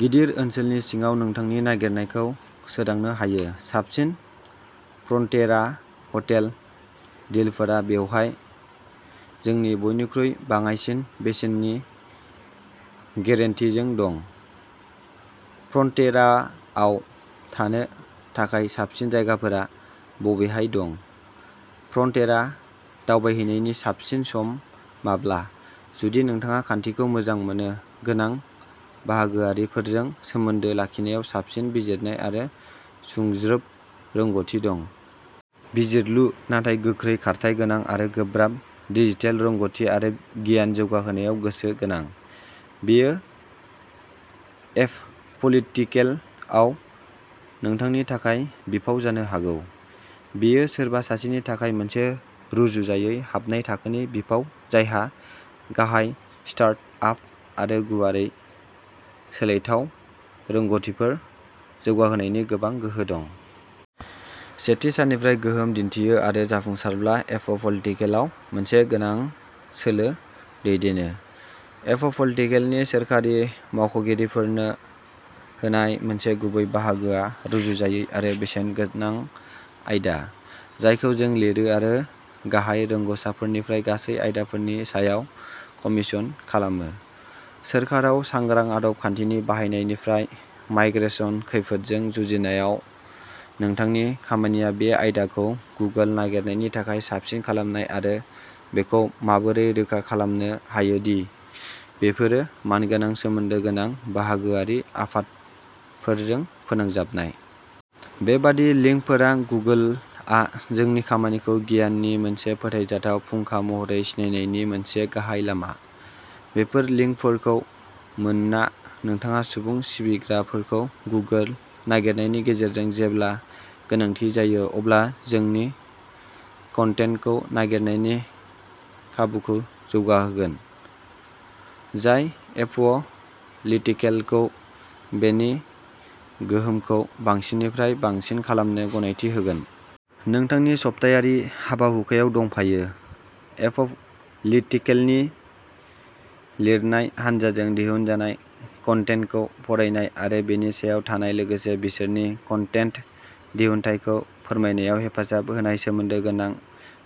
गिदिर ओनसोलनि सिङाव नोंथांनि नागिरनायखौ सोदांनो हायो। साबसिन फ्रन्टेरा हटेल डिलफोरा बेवहाय जोंनि बयनिख्रुइ बाङाइसिन बेसेननि गेरेन्टिजों दं। फ्रन्टेराआव थानो थाखाय साबसिन जायगाफोरा बबेहाय दं? फ्रन्टेरा दावबायहैनायनि साबसिन सम माब्ला? जुदि नोंथाङा खान्थिखौ मोजां मोनो गोनां बाहागोआरिफोरजों सोमोन्दो लाखिनायाव साबसिन बिजिरनाय आरो सुंज्रोब रोंग'थि दं। बिजिरलु नाथाय गोख्रै खारथाय गोनां आरो गोब्राब डिजिटेल रोंग'थि आरो गियान जौगाहोनायाव गोसो गोनां। बेयो एप'पलिटिकेलआव नोंथांनि थाखाय बिफाव जानो हागौ। बेयो सोरबा सासेनि थाखाय मोनसे रुजुजायै हाबनाय थाखोनि बिफाव जायहा गाहाय स्टार्ट आप आरो गुवारै सोलायथाव रोंगथिफोर जौगाहोनायनि गोबां गोहो दं। सेथि साननिफ्राय गोहोम दिनथियो आरो जाफुंसारब्ला एप'पलिटिकेलआव मोनसे गोनां सोलो दैदेनो। एप'पलिटिकेलनि सोरखारि मावख'गिरिफोरनो होनाय मोनसे गुबै बाहागोआ रुजुजायै आरो बेसेनगोनां आयदा जायखौ जों लिरो आरो गाहाय रोंगसारफोरनिफ्राय गासै आयदाफोरनि सायाव कमिसन खालामो सोरखाराव सांग्रां आदब खान्थिनि बाहायनायनिफ्राय माइग्रेसन खैफोदजों जुजिनायाव नोंथांनि खामानिया बे आयदाखौ गुगोल नागिरनायनि थाखाय साबसिन खालामनाय आरो बेखौ माबोरै रोखा खालामनो हायो दि बेफोरो मानगोनां सोमोन्दो गोनां बाहागोआरि आफादफोरजों फोनांजाबनाय। बेबादि लिंकफोरा गुगोलआ जोंनि खामानिखौ गियाननि मोनसे फोथायजाथाव फुंखा महरै सिनायनायनि मोनसे गाहाय लामा। बेफोर लिंकफोरखौ मोनना नोंथाङा सुबुं सिबिग्राफोरखौ गुगोल नागिरनायनि गेजेरजों जेब्ला गोनांथि जायो अब्ला जोंनि कन्टेन्टखौ नागिरनायनि खाबुखौ जौगाहोगोन। जाय एप'लिटिकेलखौ बेनि गोहोमखौ बांसिननिफ्राय बांसिन खालामनो गनायथि होगोन। नोंथांनि सप्तायारि हाबाहुखायाव दंफायो। एप'लिटिकेलनि लिरनाय हानजाजों दिहुनजानाय कन्टेन्टखौ फरायनाय आरो बेनि सायाव थानाय लोगोसे बिसोरनि कन्टेन्ट दिहुनथायखौ फोरमायनायाव हेफाजाब होनाय सोमोन्दो गोनां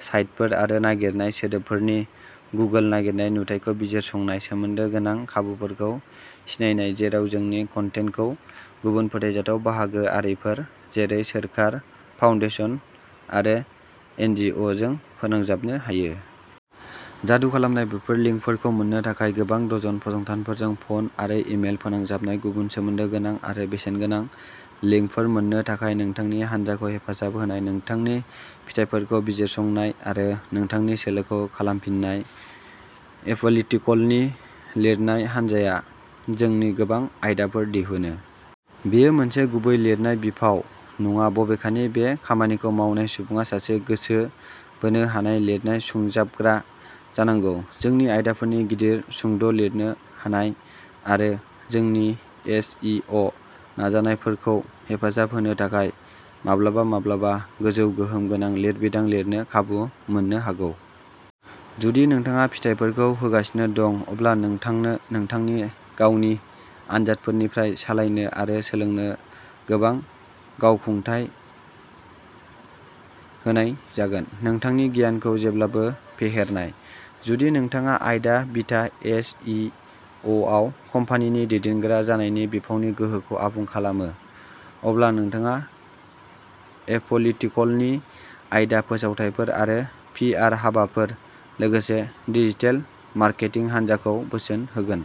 साइटफोर आरो नागिरनाय सोदोबफोरनि गुगोल नागिरनाय नुथायखौ बिजिरसंनाय सोमोन्दो गोनां खाबुफोरखौ सिनायनाय जेराव जोंनि कन्टेन्टखौ गुबुन फोथायजाथाव बाहागो आरिफोर जेरै सोरखार फाउन्डेसन आरो एनजिअजों फोनांजाबनो हायो। जादु खालामनाय बेफोर लिंकफोरखौ मोननो थाखाय गोबां डजन फसंथानफोरजों फन आरो इमेल फोनांजाबनाय गुबुन सोमोन्दो गोनां आरो बेसेनगोनां लिंकफोर मोन्नो थाखाय नोंथांनि हानजाखौ हेफाजाब होनाय नोंथांनि फिथायफोरखौ बिजिरसंनाय आरो नोंथांनि सोलोखौ खालामफिननाय। एप'लिटिकलनि लिरनाय हानजाया जोंनि गोबां आयदाफोर दिहुनो। बेयो मोनसे गुबै लिरनाय बिफाव नङा-बबेखानि बे खामानिखौ मावनाय सुबुङा सासे गोसो बोनो हानाय लिरनाय सुंजाबग्रा जानांगौ। जोंनि आयदाफोरनि गिदिर सुंद'लिरनो हानाय आरो जोंनि एस इ अ नाजानायफोरखौ हेफाजाब होनो थाखाय माब्लाबा-माब्लाबा गोजौ गोहोम गोनां लिरबिदां लिरनो खाबु मोननो हागौ। जुदि नोंथाङा फिथायफोरखौ होगासिनो दं, अब्ला नोंथांनो नोंथांनि गावनि आनजादफोरनिफ्राय सालायनो आरो सोलोंनो गोबां गावखुंथाय होनाय जागोन, नोंथांनि गियानखौ जेब्लाबो फेहेरनाय। जुदि नोंथाङा आयदा-बिथा एस इ अ आव कम्पानिनि दैदेनग्रा जानायनि बिफावनि गोहोखौ आबुं खालामो, अब्ला नोंथाङा एप'लिटिकलनि आयदा, फोसावथायफोर आरो पि आर हाबाफोर, लोगोसे डिजिटेल मार्केटिं हानजाखौ बोसोन होगोन।